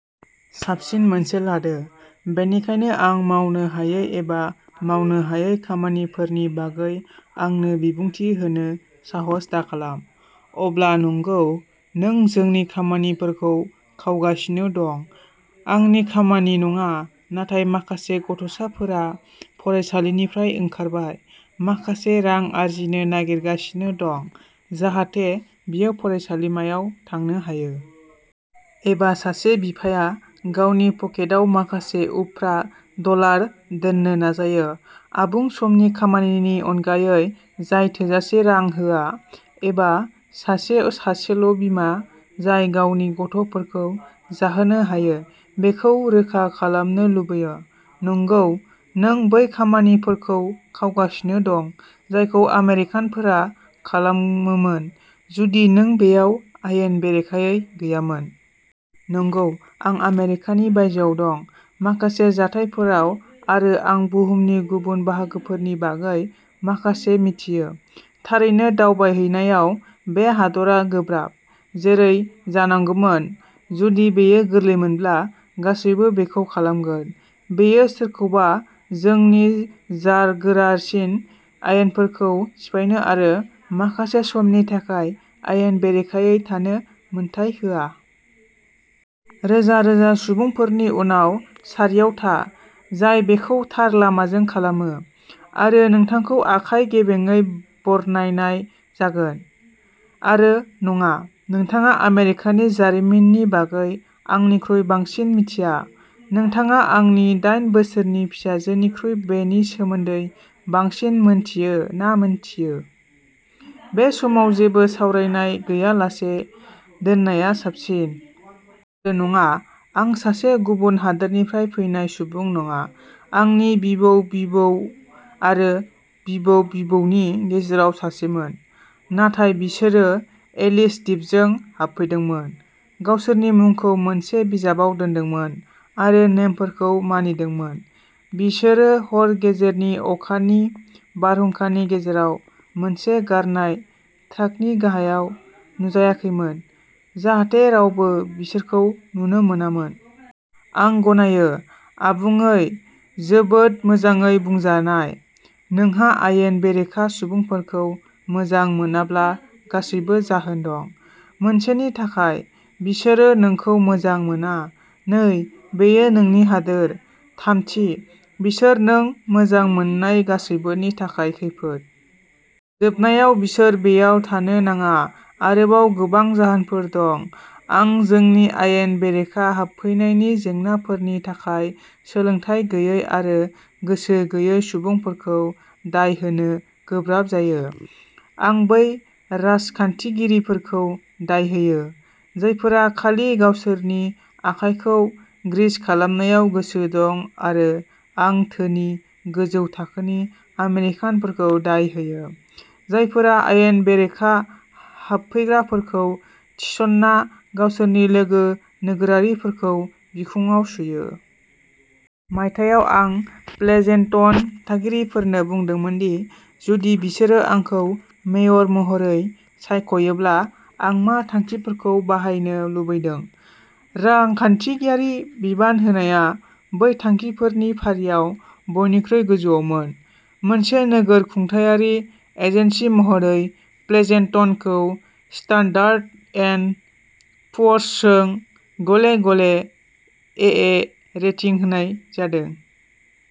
साबसिन मोनसे लादो। बेनिखायनो आं मावनो हायै एबा मावनो हायै खामानिफोरनि बागै आंनो बिबुंथि होनो साहस दाखालाम। अब्ला नंगौ, नों जोंनि खामानिफोरखौ खावगासिनो दं। आंनि खामानि नङा, नाथाय माखासे गथ'साफोरा फरायसालिनिफ्राय ओंखारबाय, माखासे रां आर्जिनो नागिरगासिनो दं जाहाथे बियो फरायसालिमायाव थांनो हायो। एबा सासे बिफाया गावनि पकेटाव माखासे उफ्रा डलार दोन्नो नाजायो, आबुं समनि खामानिनि अनगायै जाय थोजासे रां होआ। एबा सासे सासेल'बिमा जाय गावनि गथ'फोरखौ जाहोनो हायो बेखौ रोखा खालामनो लुबैयो। नंगौ, नों बै खामानिफोरखौ खावगासिनो दं जायखौ आमेरिकानफोरा खालामोमोन जुदि नों बेयाव आयेन बेरेखायै गैयामोन। नंगौ, आं आमेरिकानि बायजोआव दं, माखासे जाथायफोराव, आरो आं बुहुमनि गुबुन बाहागोफोरनि बागै माखासे मिथियो। थारैनो दावबायहैनायाव। बे हादरा गोब्राब, जेरै जानांगौमोन। जुदि बेयो गोरलैमोनब्ला, गासैबो बेखौ खालामगोन। बेयो सोरखौबा जोंनि जारगोरासिन आयेनफोरखौ सिफायनो आरो "माखासे समनि थाखाय आयेन बेरेखायै थानो" मोन्थाइ होआ। रोजा रोजा सुबुंफोरनि उनाव सारियाव था, जाय बेखौ थार लामाजों खालामो, आरो नोंथांखौ आखाइ गेबेंयै बरनायनाय जागोन। आरो नङा, नोंथाङा आमेरिकानि जारिमिननि बागै आंनिख्रुइ बांसिन मिथिया। नोंथाङा आंनि दाइन बोसोरनि फिसाजोनिख्रुइ बेनि सोमोन्दै बांसिन मिन्थियो ना मिन्थियो, बे समाव जेबो सावरायनाय गैयालासे दोननाया साबसिन। आरो नङा, आं सासे गुबुन हादोरनिफ्राय फैनाय सुबुं नङा। आंनि बिबौ-बिबौ आरो बिबौ-बिबौनि गेजेराव सासेमोन। नाथाय बिसोरो एलिस दिपजों हाबफैदोंमोन, गावसोरनि मुंखौ मोनसे बिजाबाव दोनदोंमोन, आरो नेमफोरखौ मानिदोंमोन। बिसोरो हर गेजेरनि अखानि बारहुंखानि गेजेराव मोनसे गारनाय ट्राकनि गाहायाव नुजायाखैमोन जाहाथे रावबो बिसोरखौ नुनो मोनामोन। आं गनायो। आबुङै, जोबोद मोजाङै बुंजानाय। नोंहा आयेन बेरेखा सुबुंफोरखौ मोजां मोनाब्ला गासैबो जाहोन दं। मोनसेनि थाखाय, बिसोरो नोंखौ मोजां मोना। नै, बेयो नोंनि हादोर। थामथि, बिसोर नों मोजां मोननाय गासैबोनि थाखाय खैफोद। जोबनायाव, बिसोरो बेयाव थानो नाङा। आरोबाव गोबां जाहोनफोर दं। आं जोंनि आयेन बेरेखा हाबफैनायनि जेंनाफोरनि थाखाय सोलोंथाय गैयै आरो गोसो गैयै सुबुंफोरखौ दाय होनो गोब्राब जायो। आं बै राजखान्थिगिरिफोरखौ दाय होयो, जायफोरा खालि गावसोरनि आखाइखौ ग्रीस खालामनायाव गोसो दं आरो आं धोनि, गोजौ थाखोनि आमेरिकानफोरखौ दाय होयो, जायफोरा आयेन बेरेखा हाबफैग्राफोरखौ थिसनना गावसोरनि लोगो नोगोरारिफोरखौ बिखुङाव सुयो। मायथाइयाव, आं प्लेजेन्टन थागिरिफोरनो बुंदोंमोन दि जुदि बिसोरो आंखौ मेयर महरै सायखयोब्ला आं मा थांखिफोरखौ बाहायनो लुबैदों। रांखान्थियारि बिबान होनाया बै थांखिफोरनि फारियाव बयनिख्रुइ गोजौआवमोन। मोनसे नोगोर खुंथायारि एजेन्सि महरै, प्लेजेन्टनखौ स्टान्डार्ड एन्ड पुअर्सजों गले गले एए रेटिं होनाय जादों।